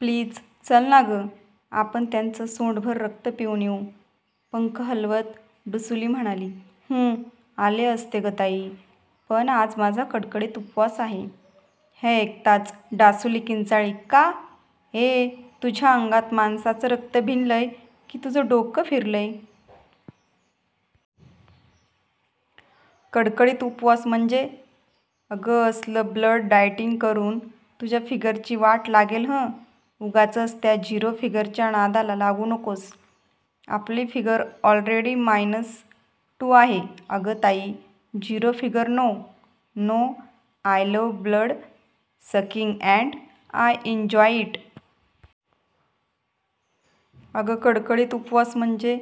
Please चल ना गं... आपण त्याचं सोंडभर रक्त पिऊन येऊ.' पंख हलवत डुसुली म्हणाली, 'हूं... आले असते गं ताई, पण आज माझा कडकडीत उपवास आहे.' हे ऐकताच डासुली किंचाळली, 'का... य? तुझ्या अंगात माणसाचं रक्त भिनलंय की तुझं डोकं फिरलंय? कडकडीत उपवास म्हणजे...? अगं असलं ब्लड डाएटींग करून तुझ्या फिगरची वाट लागेल हं. उगाचच त्या झिरो फिगरच्या नादाला लागू नकोस. आपली फिगर ऑलरेडी मायनस टू आहे.' 'अगं ताई, zero figure no... no! I love blood sucking and I enjoy it! अगं कडकडीत उपवास म्हणजे,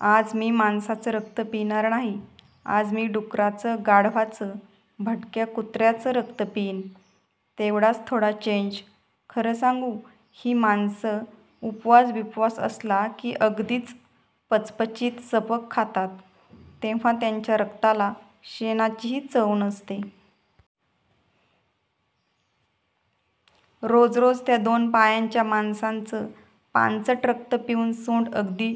आज मी माणसाचं रक्त पिणार नाही. आज मी डुकराचं, गाढवाचं, भटक्या कुत्र्याचं रक्त पिईन. तेवढाच थोडा चेंज. खरं सांगू, ही माणसं उपवास-बिपवास असला की अगदीच पचपचीत, सपक खातात. तेव्हा त्यांच्या रक्ताला शेणाचीही चव नसते. रोज रोज त्या दोन पायांच्या माणसांचं पांचट रक्त पिऊन सोंड अगदी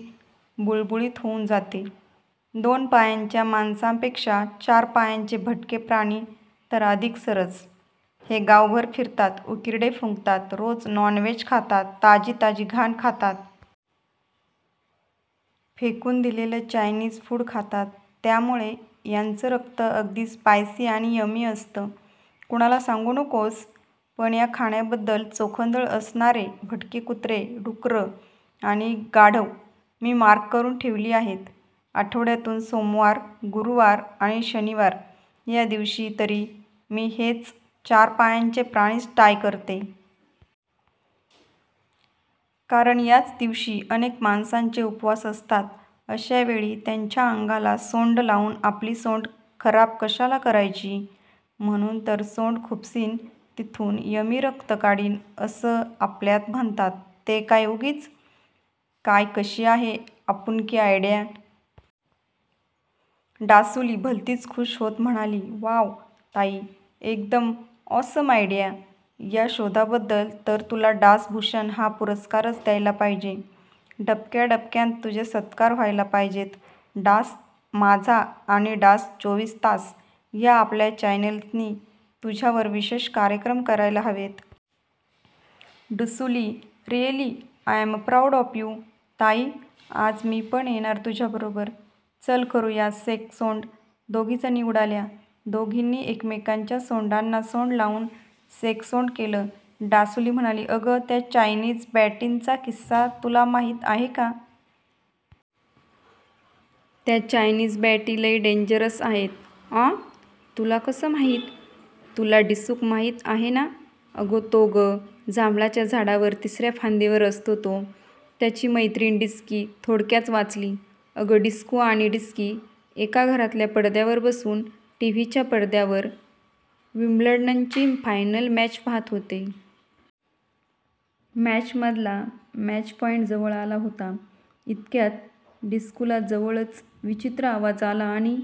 बुळबुळीत होऊन जाते. दोन पायांच्या माणसांपेक्षा चार पायांचे भटके प्राणी तर अधिक सरस. हे गावभर फिरतात. उकिरडे फुंकतात. रोज नॉनव्हेज खातात. ताजी ताजी घाण खातात. फेकून दिलेलं चायनीज फूड खातात. त्यामुळे यांचं रक्त अगदी स्पायसी आणि यम्मी असतं. कुणाला सांगू नकोस... पण खाण्याबद्दल चोखंदळ असणारे भटके कुत्रे, डुकरं आणि गाढवं मी मार्क करून ठेवली आहेत. आठवड्यातून सोमवार, गुरुवार आणि शनिवार या दिवशी तरी मी हेच चार पायांचे प्राणीच ट्राय करते. कारण याच दिवशी अनेक माणसांचे उपवास असतात. अशा वेळी त्यांच्या अंगाला सोंड लावून आपली सोंड खराब कशाला करायची? म्हणून तर सोंड खुपसीन तिथून यम्मी रक्त काढीन असं आपल्यात म्हणतात ते काय उगीच? काय कशी आहे आपुनकी आयडिया?' डासुली भलतीच खूश होत म्हणाली, 'वॉव ताई! एकदम ऑसम आयडिया!! या शोधाबद्दल तर तुला डास भूषण हा पुरस्कारच द्यायला पाहिजे. डबक्याडबक्यांत तुझे सत्कार व्हायला पाहिजेत. डास माझा आणि डास चोवीस तास या आपल्या चॅनेल्सनी तुझ्यावर विशेष कार्यक्रम करायला हवेत. डुसुली, really I am proud of you! ताई, आज मी पण येणार तुझ्याबरोबर. चल करूया शेकसोंड.' दोघी जणी उडाल्या. दोघींनी एकमेकांच्या सोंडांना सोंड लावून शेकसोंड केलं. डासुली म्हणाली, 'अगं त्या चायनीज बॅटींचा किस्सा तुला माहीत आहे का? त्या चायनीज बॅटी लई डेंजरस आहेत.' 'आँ? तुला कसं माहीत?' 'तुला डिसकू माहीत आहे ना? अगं तो गं... जांभळाच्या झाडावर तिसऱ्या फांदीवर असतो तो. त्याची मैत्रीण डिसकी थोडक्यात वाचली.' 'अगं डिसकू आणि डिसकी एका घरातल्या पडद्यावर बसून टीव्हीच्या पडद्यावर विंबल्डनची फायनल मॅच पाहात होते. मॅचमधला मॅचपॉईंट जवळ आला होता. इतक्यात डिसकूला जवळच विचित्र आवाज आला आणि